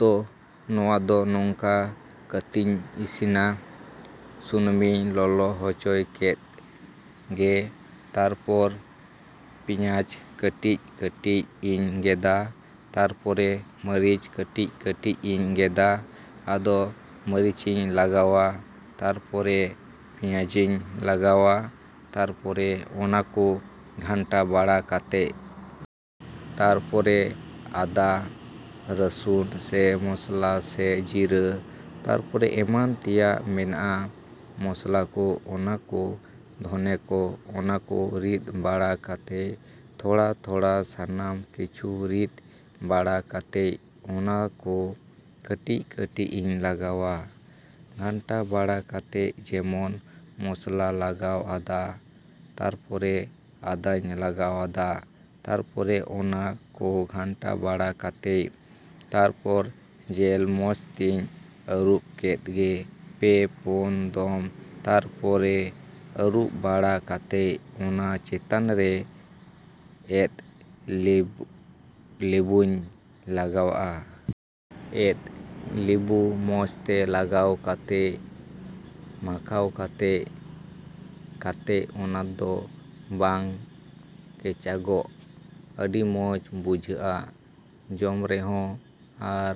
ᱛᱚ ᱱᱚᱣᱟ ᱫᱚ ᱱᱚᱝᱠᱟ ᱠᱟᱛᱤᱧ ᱤᱥᱤᱱᱟ᱾ ᱥᱩᱱᱩᱢᱤᱧ ᱞᱚᱞᱚ ᱦᱚᱪᱚ ᱠᱮᱫ, ᱜᱮ ᱛᱟᱨᱯᱚᱨᱮ ᱯᱮᱸᱭᱟᱡ ᱠᱟᱹᱴᱤᱡᱼᱠᱟᱹᱴᱤᱡ ᱤᱧ ᱜᱮᱫᱟ ᱛᱟᱨᱯᱚᱨᱮ ᱢᱟᱨᱤᱪ ᱠᱟᱹᱴᱤᱡᱼᱠᱟᱹᱴᱤᱡ ᱤᱧ ᱜᱮᱫᱟ ᱟᱫᱚ ᱢᱟᱨᱤᱪᱤᱧ ᱞᱟᱜᱟᱣᱟᱜᱼᱟ, ᱛᱟᱨᱯᱚᱨᱮ ᱯᱮᱸᱭᱟᱡᱤᱧ ᱞᱟᱜᱟᱣᱟᱜᱼᱟ᱾ ᱛᱟᱨᱯᱚᱨᱮ ᱚᱱᱟ ᱠᱚ ᱜᱷᱟᱱᱴᱟ ᱵᱟᱲᱟ ᱠᱟᱛᱮ ᱛᱟᱯᱚᱨᱮ ᱟᱫᱟ ᱨᱟᱹᱥᱩᱱ ᱥᱮ ᱢᱚᱥᱞᱟ ᱥᱮ ᱡᱤᱨᱟᱹ ᱛᱟᱨᱯᱚᱨᱮ ᱮᱢᱟᱱ ᱛᱮᱭᱟᱜ ᱢᱮᱱᱟᱜᱼᱟ ᱢᱚᱥᱞᱟ ᱠᱚ, ᱚᱱᱟ ᱠᱚ ᱫᱷᱚᱱᱮ ᱠᱚ ᱚᱱᱟ ᱠᱚ ᱨᱤᱫ ᱵᱟᱲᱟ ᱠᱟᱛᱮ ᱛᱷᱚᱲᱟᱼᱛᱷᱚᱲᱟ ᱥᱟᱱᱟᱢ ᱠᱤᱪᱷᱩ ᱨᱤᱫ ᱵᱟᱲᱟ ᱠᱟᱛᱮᱫ ᱚᱱᱟ ᱠᱚ ᱠᱟᱹᱴᱤᱡᱼᱠᱟᱹᱴᱤᱡ ᱤᱧ ᱞᱟᱜᱟᱣᱟᱜᱼᱟ ᱜᱷᱟᱱᱴᱟ ᱵᱟᱲᱟ ᱠᱟᱛᱮ ᱡᱮᱢᱚᱱ ᱢᱚᱥᱞᱟᱧ ᱞᱟᱜᱟᱣ ᱟᱫᱟ ᱛᱟᱨᱯᱚᱨᱮ ᱟᱫᱟᱧ ᱞᱟᱜᱟᱣ ᱟᱫᱟ ᱛᱟᱨᱯᱚᱨᱮ ᱚᱱᱟ ᱠᱚ ᱜᱷᱟᱱᱴᱟ ᱵᱟᱲᱟ ᱠᱟᱛᱮ ᱛᱟᱨᱯᱚᱨ ᱡᱮᱞ ᱢᱚᱡᱽ ᱛᱤᱧ ᱟᱹᱨᱩᱵ ᱠᱮᱫ ᱜᱮ ᱯᱮ ᱯᱚᱱ ᱫᱚᱢ ᱛᱟᱨᱯᱚᱨᱮ ᱟᱹᱨᱩᱵ ᱵᱟᱲᱟ ᱠᱟᱛᱮ ᱚᱱᱟ ᱪᱮᱛᱟᱱ ᱨᱮ ᱮᱫ ᱞᱤᱵᱩᱧ ᱞᱟᱜᱟᱣᱟᱜᱼᱟ᱾ ᱮᱫ ᱞᱤᱵᱩ ᱢᱚᱡᱽ ᱛᱮ ᱞᱟᱜᱟᱣ ᱠᱟᱛᱮ, ᱢᱟᱠᱷᱟᱣ ᱠᱟᱛᱮ ᱡᱟᱛᱮ ᱚᱱᱟ ᱫᱚ ᱵᱟᱝ ᱠᱮᱪᱟᱜᱚᱜ᱾ ᱟᱹᱰᱤ ᱢᱚᱡᱽ ᱵᱩᱡᱷᱟᱹᱜᱼᱟ ᱡᱚᱢ ᱨᱮᱦᱚᱸ ᱟᱨ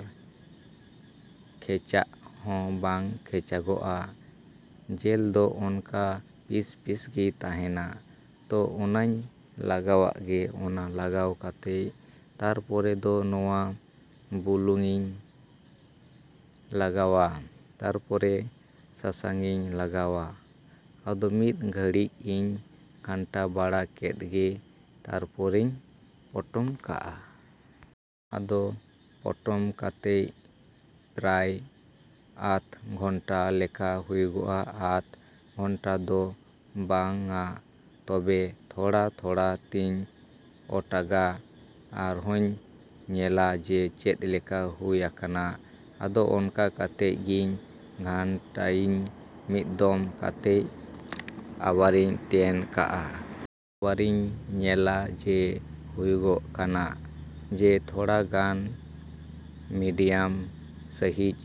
ᱠᱮᱪᱷᱟᱜ ᱦᱚᱸ ᱵᱟᱝ ᱠᱮᱪᱟᱜᱚᱜᱼᱟ᱾ ᱡᱮᱞ ᱫᱚ ᱚᱱᱠᱟ ᱯᱤᱥᱼᱯᱤᱥ ᱜᱮ ᱛᱟᱦᱮᱱᱟ᱾ ᱛᱚ, ᱚᱱᱟᱧ ᱞᱟᱜᱟᱣᱟᱜ ᱜᱮ ᱚᱱᱟ ᱞᱟᱜᱟᱣ ᱠᱟᱛᱮ ᱛᱟᱨᱯᱚᱨᱮ ᱫᱚ ᱱᱚᱣᱟ ᱵᱩᱞᱩᱝᱤᱧ ᱞᱟᱜᱟᱣᱟᱜᱼᱟ, ᱛᱟᱨᱯᱚᱨᱮ ᱥᱟᱥᱟᱝᱤᱧ ᱞᱟᱜᱟᱣᱟᱜᱼᱟ, ᱟᱫᱚ ᱢᱤᱫ ᱜᱷᱟᱹᱲᱤᱡ ᱤᱧ ᱜᱷᱟᱱᱴᱟ ᱵᱟᱲᱟ ᱠᱮᱫ ᱜᱮ ᱛᱟᱨᱯᱚᱨᱮᱧ ᱯᱚᱴᱚᱢ ᱠᱟᱜᱼᱟ᱾ ᱟᱫᱚ ᱯᱚᱴᱚᱢ ᱠᱟᱛᱮ ᱯᱨᱟᱭ ᱟᱫᱷ ᱜᱷᱚᱱᱴᱟ ᱞᱮᱠᱟ ᱦᱩᱭᱩᱜᱼᱟ ᱟᱫᱷ ᱜᱷᱚᱱᱴᱟ ᱫᱚ ᱵᱟᱝᱟ᱾ ᱛᱚᱵᱮ ᱛᱷᱚᱲᱟᱼᱛᱷᱚᱲᱟ ᱛᱤᱧ ᱚᱴᱟᱜᱟ ᱟᱨᱦᱩᱧ ᱧᱮᱞᱟ ᱡᱮ, ᱪᱮᱫ ᱞᱮᱠᱟ ᱦᱩᱭ ᱟᱠᱟᱱᱟ? ᱟᱫᱚ ᱚᱱᱠᱟ ᱠᱟᱛᱮᱫ ᱜᱤᱧ ᱜᱷᱟᱱᱴᱟᱭᱤᱧ ᱢᱤᱫ ᱫᱚᱢ ᱠᱟᱛᱮ ᱟᱵᱟᱨᱤᱧ ᱛᱮᱱ ᱠᱟᱜᱼᱟ᱾ ᱟᱵᱟᱨᱤᱧ ᱧᱮᱞᱟ ᱡᱮ ᱦᱩᱭᱩᱜ ᱠᱟᱱᱟ᱾ ᱡᱮ ᱛᱷᱚᱲᱟ ᱜᱟᱱ ᱢᱤᱰᱤᱭᱟᱢ ᱥᱟᱭᱤᱡᱽ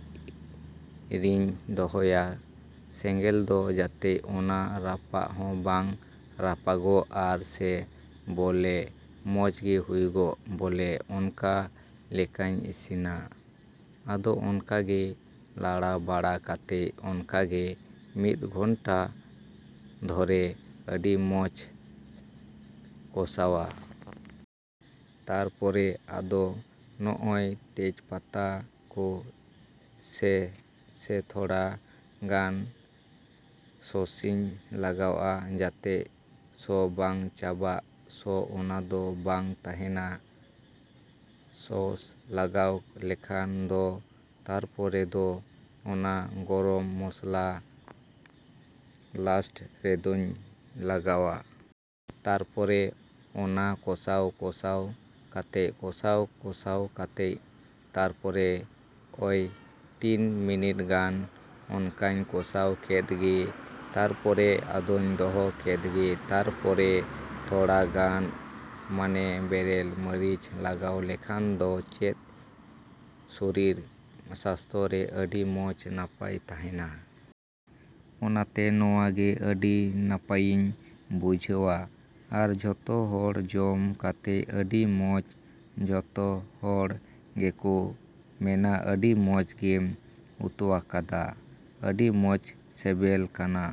ᱨᱤᱧ ᱫᱚᱦᱚᱭᱟ᱾ ᱥᱮᱸᱜᱮᱞ ᱫᱚ ᱡᱟᱛᱮ ᱚᱱᱟ ᱨᱟᱯᱟᱜ ᱦᱚᱸ ᱵᱟᱝ ᱨᱟᱯᱟᱜᱚᱜ ᱟᱨ ᱥᱮ ᱵᱚᱞᱮ ᱢᱚᱡᱽ ᱜᱮ ᱦᱩᱭᱩᱜ ᱵᱚᱞᱮ ᱚᱱᱠᱟ ᱞᱮᱠᱟᱧ ᱤᱥᱤᱱᱟ᱾ ᱟᱫᱚ ᱚᱱᱠᱟ ᱜᱮ ᱞᱟᱲᱟᱣ ᱵᱟᱲᱟᱣ ᱠᱟᱛᱮ ᱚᱱᱠᱟ ᱜᱮ ᱢᱤᱫ ᱜᱷᱚᱱᱴᱟ ᱫᱷᱚᱨᱮ ᱟᱹᱰᱤ ᱢᱚᱡᱽ ᱠᱚᱥᱟᱣᱟ᱾ ᱛᱟᱨᱯᱚᱨᱮ ᱟᱫᱚ ᱱᱚᱜᱼᱚᱭ ᱛᱮᱡ ᱯᱟᱛᱟ ᱠᱚ ᱥᱮ ᱥᱮ ᱛᱷᱚᱲᱟ ᱜᱟᱱ ᱥᱚᱸᱥᱤᱧ ᱞᱟᱜᱟᱣᱟᱜᱼᱟ ᱡᱟᱛᱮ ᱥᱚ ᱵᱟᱝ ᱪᱟᱵᱟᱜ ᱥᱚ ᱚᱱᱟ ᱫᱚ ᱵᱟᱝ ᱛᱟᱦᱮᱱᱟ, ᱥᱚᱸᱥ ᱞᱟᱜᱟᱣ ᱞᱮᱠᱷᱟᱱ ᱫᱚ᱾ ᱛᱟᱨᱯᱚᱨᱮ ᱫᱚ ᱚᱱᱟ ᱜᱚᱨᱚᱢ ᱢᱚᱥᱞᱟ ᱞᱟᱥᱴ ᱨᱮᱫᱩᱧ ᱞᱟᱜᱟᱣᱟ᱾ ᱛᱟᱨᱯᱚᱨᱮ ᱚᱱᱟ ᱠᱚᱥᱟᱣᱼᱠᱚᱥᱟᱣ ᱠᱟᱛᱮ ᱠᱚᱥᱟᱣ ᱠᱚᱥᱟᱣ ᱠᱟᱛᱮ ᱛᱟᱨᱯᱚᱨᱮ ᱚᱭ ᱛᱤᱱ ᱢᱤᱱᱤᱴ ᱜᱟᱱ ᱚᱱᱠᱟᱧ ᱠᱚᱥᱟᱣ ᱠᱮᱫ ᱜᱮ, ᱛᱟᱨᱯᱚᱨᱮ ᱟᱫᱚᱧ ᱫᱚᱦᱚ ᱠᱮᱫ ᱜᱮ᱾ ᱛᱟᱨᱯᱚᱨᱮ ᱛᱷᱚᱲᱟ ᱜᱟᱱ ᱢᱟᱱᱮ ᱵᱮᱨᱮᱞ ᱢᱟᱨᱤᱪ ᱞᱟᱜᱟᱣ ᱞᱮᱠᱷᱟᱱ ᱫᱚ ᱪᱮᱫ ᱥᱚᱨᱤᱨ ᱥᱟᱥᱛᱚ ᱨᱮ ᱟᱹᱰᱤ ᱢᱚᱡᱽ ᱱᱟᱯᱟᱭ ᱛᱟᱦᱮᱱᱟ᱾ ᱚᱱᱟᱛᱮ ᱱᱚᱣᱟ ᱜᱮ ᱟᱹᱰᱤ ᱱᱟᱯᱟᱭᱤᱧ ᱵᱩᱡᱷᱟᱹᱣᱟ, ᱟᱨ ᱡᱷᱚᱛᱚ ᱦᱚᱲ ᱡᱚᱢ ᱠᱟᱛᱮ ᱟᱹᱰᱤ ᱢᱚᱡᱽ ᱡᱷᱚᱛᱚ ᱦᱚᱲ ᱜᱮᱠᱚ ᱢᱮᱱᱟ ᱟᱹᱰᱤ ᱢᱚᱡᱽ ᱜᱮᱢ ᱩᱛᱩᱣᱟᱠᱟᱫᱟ᱾ ᱟᱹᱰᱤ ᱢᱚᱡᱽ ᱥᱮᱵᱮᱞ ᱠᱟᱱᱟ,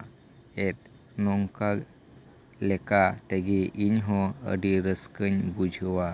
ᱮᱫ ᱱᱚᱝᱠᱟᱞᱮᱠᱟ ᱛᱮᱜᱮ ᱤᱧ ᱦᱚᱸ ᱟᱹᱰᱤ ᱨᱟᱹᱥᱠᱟᱹᱧ ᱵᱩᱡᱷᱟᱹᱣᱟ᱾